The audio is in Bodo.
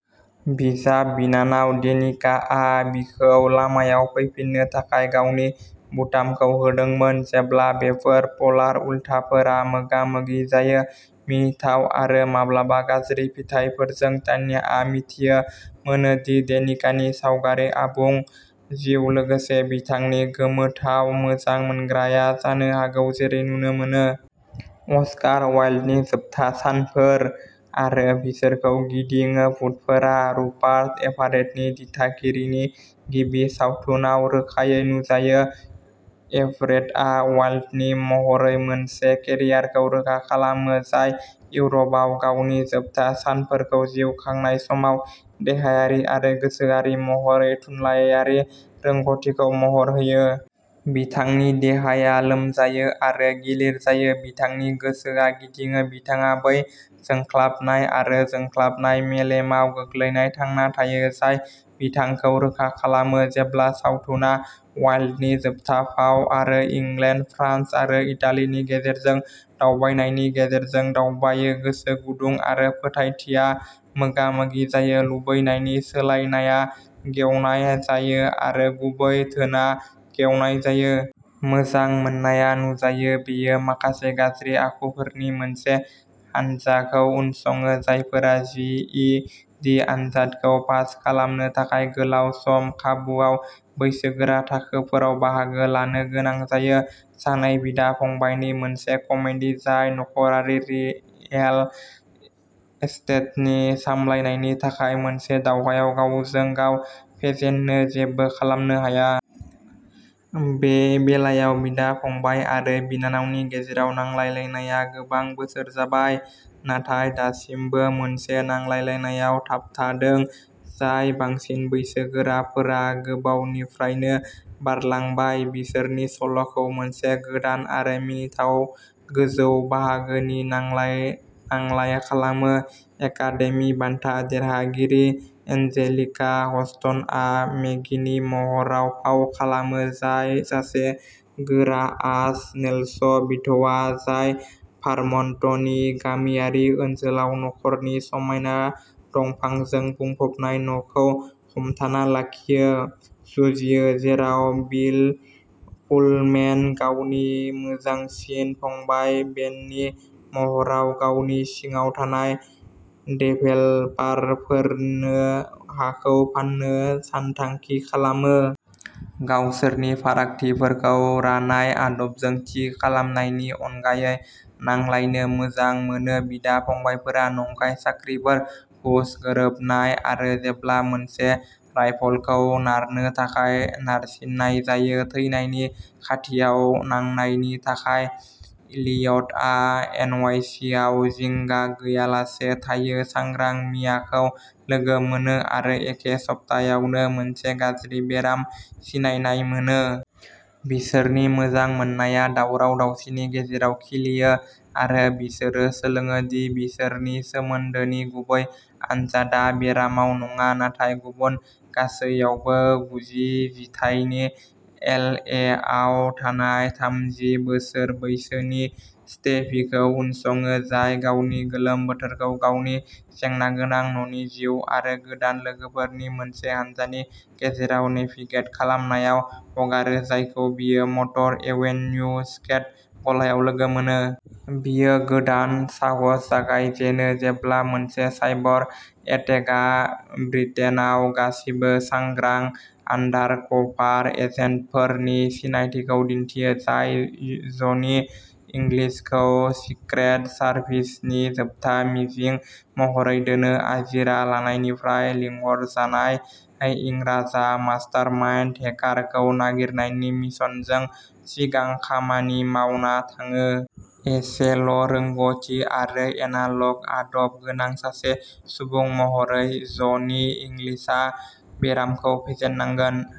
बिजाब बिनानाव डेनिका आ बिखौ लामायाव फैफिननो थाखाय गावनि बुटामखौ होदोंमोन। जेब्ला बेफोर पलार उल्थाफोरा मोगा मोगि जायो मिनिथाव आरो माब्लाबा गाज्रि फिथायफोरजों तान्याआ मिथिनो मोनो दि डेनिकानि सावगारि आबुं जिउ लोगोसे बिथांनि गोमोथाव मोजां मोनग्राया जानो हागौ जेरै नुनो मोनो। अस्कार वाइल्डनि जोबथा सानफोर आरो बिसोरखौ गिदिङो भुतफोरा रुपार्ट एभारेटनि दिथागिरिनि गिबि सावथुनआव रोखायै नुजायो। एभरेटआ वाइल्डनि महरै मोनसे केरियारखौ रोखा खालामो, जाय इउर'पआव गावनि जोबथा सानफोरखौ जिउ खांनाय समाव देहायारि आरो गोसोआरि महरै थुनलायारि रोंग'थिखौ महर होयो। बिथांनि देहाया लोमजायो आरो गिलिर जायो, बिथांनि गोसोआ गिदिङो, बिथाङा बै जोंख्लाबनाय आरो जोंख्लाबनाय मेलेमाव गोग्लैना थांना थायो जाय बिथांखौ रोखा खालामो। जेब्ला सावथुना वाइल्डनि जोबथा फाव आरो इंलेन्ड, फ्रान्स आरो इटालिनि गेजेरजों दावबायनायनि गेजेरजों दावबायो, गोसो गुदुं आरो फोथायथिआ मोगा मोगि जायो, लुबैनायनि सोलायनाया गेवनाय जायो, आरो गुबै धोनआ गेवनाय जायो। मोजां मोननाया नुजायो। बेयो माखासे गाज्रि आखुफोरनि मोनसे हानजाखौ उनसङो, जायफोरा जि इ डि आनजादखौ पास खालामनो थाखाय गोलाव सम खाबुआव बैसोगोरा थाखोफोराव बाहागो लानो गोनां जायो। सानै बिदा-फंबायनि मोनसे कमेडि, जाय नखरारि रियेल एस्टेटनि सामलायनायनि थाखाय मोनसे दावहायाव गावजों गाव फेजेननो जेबो खालामनो हाया। बे बेलायाव, बिदा-फंबाय आरो बिनानावनि गेजेराव नांलायलायनाया गोबां बोसोर जाबाय, नाथाय दासिमबो मोनसे नांलायलायनायाव थाबथाबोदों, जाय बांसिन बैसोगोराफोरा गोबावनिफ्रायनो बारलांबाय, बिसोरनि सल'खौ मोनसे गोदान आरो मिनिथाव गोजौ बाहागोनि नांलाय-नांलाय खालामो। एकादेमि बान्था देरहागिरि एन्जेलिका हस्टनआ मेगीनि महराव फाव खालामो, जाय सासे गोरा आस नेल्स बिधवा, जाय भार्मन्टनि गामियारि ओनसोलाव नखरनि समायना दंफांजों बुंफबनाय न'खौ हमथाना लाखिनो जुजियो, जेराव बिल पुलमेन, गावनि मोजांसिन फंबाय, बेननि महराव, गावनि सिङाव थानाय डेभेलपारफोरनो हाखौ फान्नो सानथांखि खालामो। गावसोरनि फारागथिफोरखौ रानाय आदबजों थि खालामनायनि अनगायै नांलायनो मोजां मोनो, बिदा-फंबायफोरा नंखाय साख्रिफोर, घुस, गोरोबनाय आरो, जेब्ला मोनसे राइफलखौ नारनो थाखाय नारसिन्नाय जायो, थैनायनि खाथियाव नांनायनि थाखाय। इलियटआ एनवाईसीआव जिंगा गैयालासे थायो, सांग्रां मियाखौ लोगो मोनो, आरो एखे सप्तायावनो मोनसे गाज्रि बेराम सिनायनाय मोनो। बिसोरनि मोजां मोननाया दावराव-दावसिनि गेजेराव खिलियो आरो बिसोरो सोलोङो दि बिसोरनि सोमोन्दोनि गुबै आनजादआ बेरामाव नङा, नाथाय गुबुन गासैयावबो। गुजि जिथाइनि एलएआव थानाय थामजि बोसोर बैसोनि स्टेभिखौ उनसङो, जाय गावनि गोलोम बोथोरखौ गावनि जेंनागोनां न'नि जिउ आरो गोदान लोगोफोरनि मोनसे हान्जानि गेजेराव नेभिगेट खालामनायाव हगारो, जायखौ बियो मटर एवेन्यु स्केट गलायाव लोगो मोनो। बियो गोदान साहस जागायजेनो जेब्ला मोनसे साइबर एटेकआ ब्रिटेनआव गासिबो सांग्रां आन्डारकभार एजेन्टफोरनि सिनायथिखौ दिन्थियो, जाय जनि इंग्लिशखौ सिक्रेट सार्भिसनि जोबथा मिजिं महरै दोनो। आजिरा लानायनिफ्राय लिंहरजानाय, इंराजआ मास्टारमाइन्ड हेकारखौ नागिरनायनि मिशनजों सिगां खामानि मावना थाङो। एसेल' रोंग'थि आरो एनालग आदब गोनां सासे सुबुं महरै, जनि इंग्लिशआ बेरामखौ फेजेननांगोन।